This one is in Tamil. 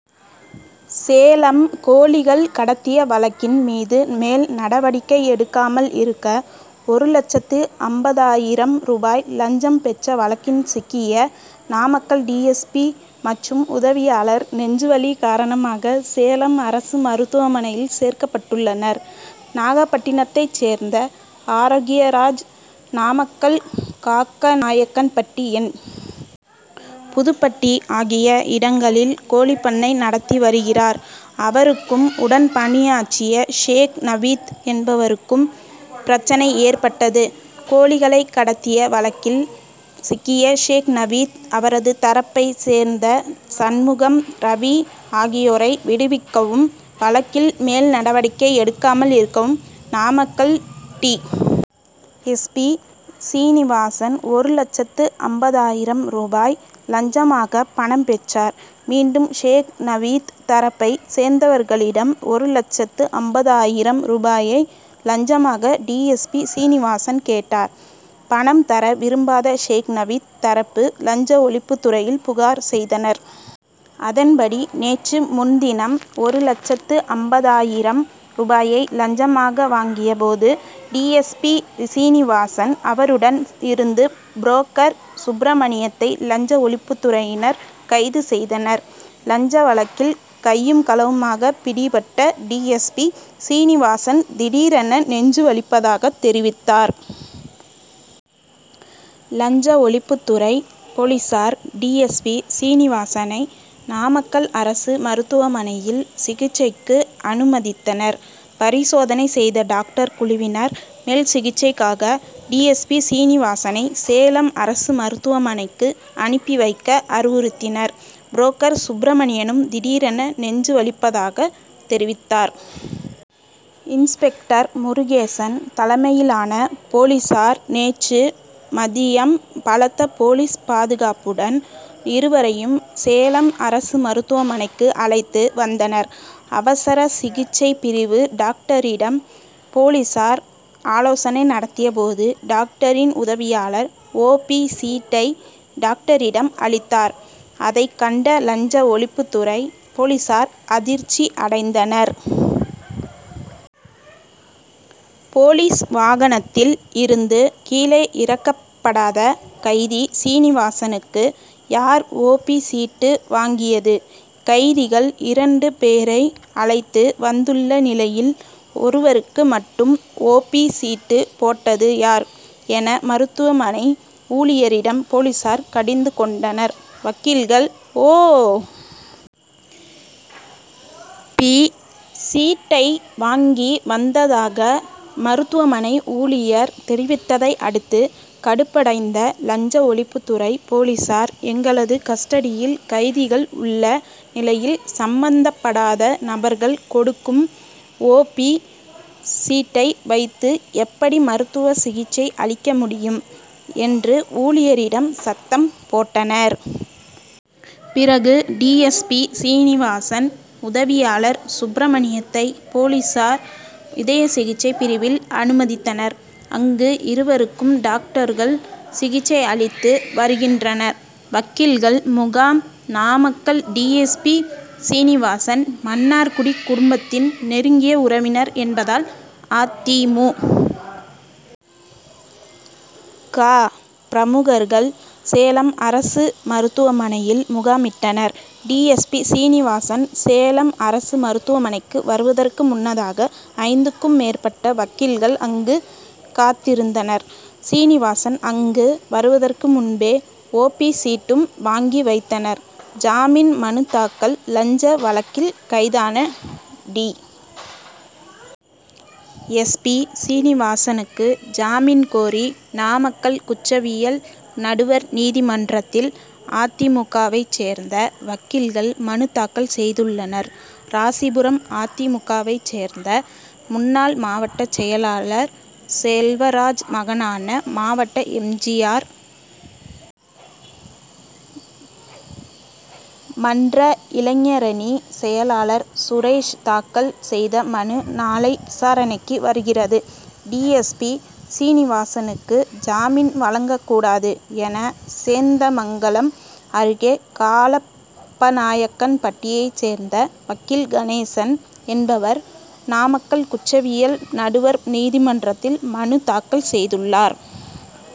சேலம் கோழிகள் கடத்திய வழக்கின் மீது மேல் நடவடிக்கை எடுக்காமல் இருக்க, ஒரு லட்சத்து ஐம்பதாயிரம் ரூபாய் லஞ்சம் பெற்ற வழக்கில் சிக்கிய நாமக்கல் டி. எஸ். பி., மற்றும் உதவியாளர், நெஞ்சுவலி காரணமாக சேலம் அரசு மருத்துவமனையில் சேர்க்கப்பட்டுள்ளனர். நாகப்பட்டினத்தை சேர்ந்த ஆரோக்கியராஜ். நாமக்கல் காக்கநாயக்கன்பட்டி, என். புதுப்பட்டி ஆகிய இடங்களில் கோழிப்பண்ணை நடத்தி வருகிறார். அவருக்கும், உடன் பணியாற்றிய ஷேக் நவீத் என்பவருக்கும் பிரச்னை ஏற்பட்டது. கோழிகளை கடத்திய வழக்கில் சிக்கிய ஷேக் நவீத், அவரது தரப்பை சேர்ந்த சண்முகம், ரவி ஆகியோரை விடுவிக்கவும், வழக்கில் மேல்நடவடிக்கை எடுக்காமல் இருக்கவும், Namakkal D. S. P., Srinivasan, ஒரு லட்சத்து ஐம்பதாயிரம் ரூபாய் லஞ்சமாக பணம் பெற்றார். மீண்டும் ஷேக் நவீத் தரப்பை சேர்ந்தவர்களிடம் ஒரு லட்சத்து ஐம்பதாயிரம் ரூபாயை லஞ்சமாக டி. எஸ். பி., சீனிவாசன் கேட்டார். பணம் தர விரும்பாத ஷேக் நவீத் தரப்பு, லஞ்ச ஒழிப்பு துறையில் புகார் செய்தனர். அதன்படி நேற்று முன்தினம், ஒரு லட்சத்து ஐம்பதாயிரம் ரூபாயை லஞ்சமாக வாங்கிய போது டி. எஸ். பி., சீனிவாசன், அவருடன் இருந்த புரோக்கர் சுப்பிரமணியத்தை, லஞ்ச ஒழிப்புத் துறையினர் கைது செய்தனர். லஞ்ச வழக்கில் கையும் களவுமாக பிடிபட்ட டி. எஸ். பி., சீனிவாசன், திடீரென நெஞ்சு வலிப்பதாக தெரிவித்தார். லஞ்ச ஒழிப்பு துறை போலீசார், டி. எஸ். பி., சீனிவாசனை நாமக்கல் அரசு மருத்துவமனையில் சிகிச்சைக்கு அனுமதித்தனர். பரிசோதனை செய்த டாக்டர் குழுவினர், மேல் சிகிச்சைக்காக டி. எஸ். பி., சீனிவாசனை சேலம் அரசு மருத்துவமனைக்கு அனுப்பி வைக்க அறிவுறுத்தினர். புரோக்கர் சுப்ரமணியனும் திடீரென நெஞ்சு வலிப்பதாக தெரிவித்தார். இன்ஸ்பெக்டர் முருகேசன் தலைமையிலான போலீசார் நேற்று மதியம் பலத்த போலீஸ் பாதுகாப்புடன் இருவரையும் சேலம் அரசு மருத்துவமனைக்கு அழைத்து வந்தனர். அவசர சிகிச்சை பிரிவு டாக்டரிடம் போலீசார் ஆலோசனை நடத்திய போது, டாக்டரின் உதவியாளர், ஓ. பி., சீட்டை டாக்டரிடம் அளித்தார். அதை கண்ட லஞ்ச ஒழிப்பு துறை போலீசார் அதிர்ச்சி அடைந்தனர். போலீஸ் வாகனத்தில் இருந்து கீழே இறக்கப்படாத கைதி சீனிவாசனுக்கு, யார் ஓ. பி., சீட்டு வாங்கியது, கைதிகள் இரண்டு பேரை அழைத்து வந்துள்ள நிலையில், ஒருவருக்கு மட்டும் ஓ. பி., சீட்டு போட்டது யார், என மருத்துவமனை ஊழியரிடம் போலீசார் கடிந்து கொண்டனர். வக்கீல்கள், ஓ. பி., சீட்டை வாங்கி வந்ததாக மருத்துவமனை ஊழியர் தெரிவித்தை அடுத்து, கடுப்படைந்த லஞ்ச ஒழிப்பு துறை போலீசார், எங்களது கஸ்டடியில் கைதிகள் உள்ள நிலையில், சம்பந்தப்படாத நபர்கள் கொடுக்கும், ஓ. பி., சீட்டை வைத்து எப்படி மருத்துவ சிகிச்சை அளிக்க முடியும்? என்று ஊழியரிடம் சத்தம் போட்டனர். பிறகு டி. எஸ். பி., சீனிவாசன், உதவியாளர் சுப்ரமணியத்தை, போலீசார், இதய சிகிச்சை பிரிவில் அனுமதித்தனர். அங்கு இருவருக்கும் டாக்டர்கள் சிகிச்சை அளித்து வருகின்றனர். வக்கீல்கள் முகாம் Namakkal D. S. P., Srinivasan, Mannargudi குடும்பத்தின்' நெருங்கிய உறவினர் என்பதால், அ. தி. மு. க., பிரமுகர்கள், சேலம் அரசு மருத்துவமனையில் முகாமிட்டனர். D. S. P., Srinivasan, Salem அரசு மருத்துவமனைக்கு வருவதற்கு முன்னதாக, ஐந்துக்கும் மேற்பட்ட வக்கீல்கள் அங்கு காத்திருந்தனர். சீனிவாசன் அங்கு வருவதற்கு முன்பே, ஓ. பி., சீட்டும் வாங்கி வைத்தனர். ஜாமீன் மனு தாக்கல் லஞ்ச வழக்கில் கைதான டி. எஸ். பி., சீனிவாசனுக்கு ஜாமீன் கோரி, நாமக்கல் குற்றவியல் நடுவர் நீதிமன்றத்தில் அ. தி. மு. க.,வைச் சேர்ந்த வக்கீல்கள் மனு தாக்கல் செய்துள்ளனர். ராசிபுரம் அ. தி. மு. க.,வைச் சேர்ந்த முன்னாள் மாவட்டச் செயலர் செல்வராஜ் மகனான மாவட்ட எம். ஜி. ஆர்., மன்ற இளைஞரணி செயலர் சுரேஷ் தாக்கல் செய்த மனு, நாளை விசாரணைக்கு வருகிறது. டி. எஸ். பி., சீனிவாசனுக்கு ஜாமீன் வழங்கக்கூடாது' என, சேந்தமங்கலம் அருகே காளப்பநாயக்கன்பட்டியை சேர்ந்த வக்கீல் கணேசன் என்பவர், நாமக்கல் குற்றவியல் நடுவர் நீதிமன்றத்தில் மனு தாக்கல் செய்துள்ளார்.